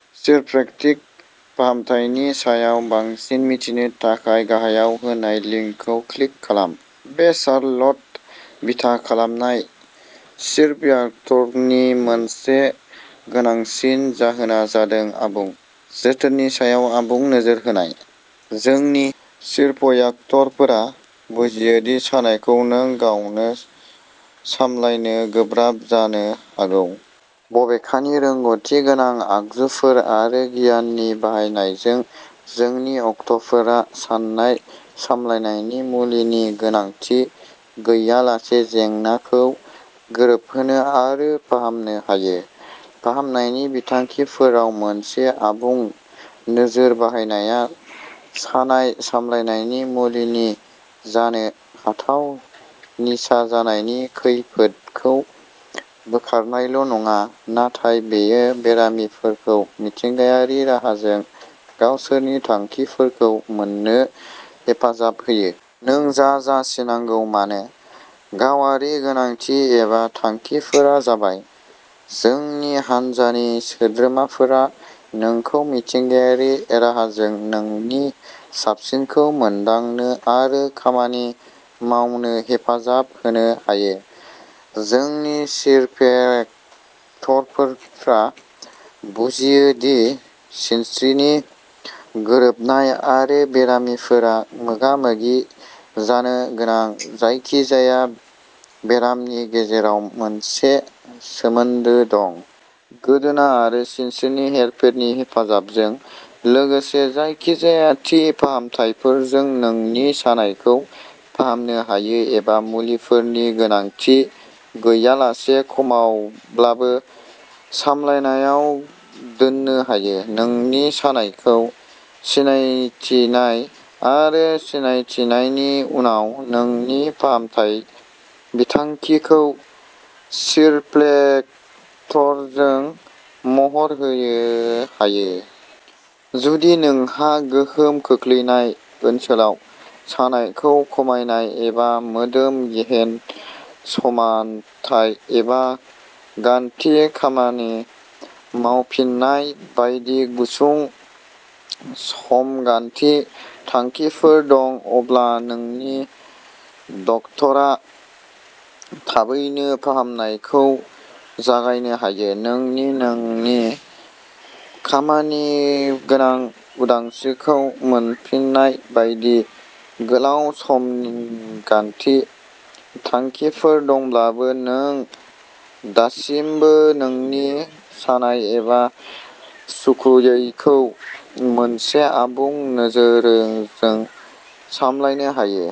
Chiropractic फाहामथायनि सायाव बांसिन मिथिनो थाखाय गाहायाव होनाय लिंकखौ क्लिक खालाम। बे शार्लट बिथा खालामनाय चिरप्र्याक्टरनि मोनसे गोनांसिन जाहोनआ जादों आबुं जोथोननि सायाव आबुं नोजोर होनाय। जोंनि चिरप्र्याक्टरफोरा बुजियो दि सानायखौ नों गावनो सामलायनो गोब्राब जानो हागौ। बबेखानि, रोंग'थिगोनां आगजुफोर आरो गियाननि बाहायनायजों, जोंनि डक्टरफोरा सानाय सामलायनायनि मुलिनि गोनांथि गैयालासे जेंनाखौ गोरोबहोनो आरो फाहामनो हायो। फाहामनाय बिथांखिफोराव मोनसे आबुं नोजोर बाहायनाया सानाय सामलायनायनि मुलिनि जानो हाथाव निसा जानायनि खैफोदखौ बोखारनायल'नङा, नाथाय बेयो बेरामिफोरखौ मिथिंगायारि राहाजों गावसोरनि थांखिफोरखौ मोन्नो हेफाजाब होयो। नों जा जा सिनांगौ मानो। गावारि गोनांथि एबा थांखिफोरा जाबाय, जोंनि हानजानि सोद्रोमाफोरा नोंखौ मिथिंगायारि राहाजों नोंनि साबसिनखौ मोनदांनो आरो खामानि मावनो हेफाजाब होनो हायो। जोंनि चिरप्रेक्टरफोरा बुजियो दि सिनस्रिनि गोरोबनाय आरो बेरामिफोरा मोगा-मोगि जानो गोनां जायखिजाया बेरामनि गेजेराव मोनसे सोमोन्दो दं। गोदोना आरो सिनस्रिनि हेरफेरनि हेफाजाबजों, लोगोसे जायखिजाया थि फाहामथायफोरजों, नोंनि सानायखौ फाहामनो हायो एबा मुलिफोरनि गोनांथि गैयालासेनो खमावब्लाबो सामलायनायाव दोननो हायो। नोंनि सानायखौ सिनायथिनाय आरो सिनायथिनायनि उनाव, नोंनि फाहामथाय बिथांखिखौ चिरप्रेक्टरजों महर होनो हायो। जुदि नोंहा गोहोम खोख्लैजानाय ओनसोलाव सानायखौ खमायनाय एबा मोदोम गेहेन समानथाय एबा गान्थिनि खामानि मावफिन्नाय बायदि गुसुं समगान्थि थांखिफोर दं, अब्ला नोंनि डाक्टारआ थाबैनो फाहामनायखौ जागायनो हायो। नोंहा नोंनि खामानिगोनां उदांस्रिखौ मोनफिननाय बायदि गोलाव समगान्थि थांखिफोर दंब्लाबो, नों दासिमबो नोंनि सानाय एबा सुखुयैखौ मोनसे आबुं नोजोरजों सामलायनो हायो।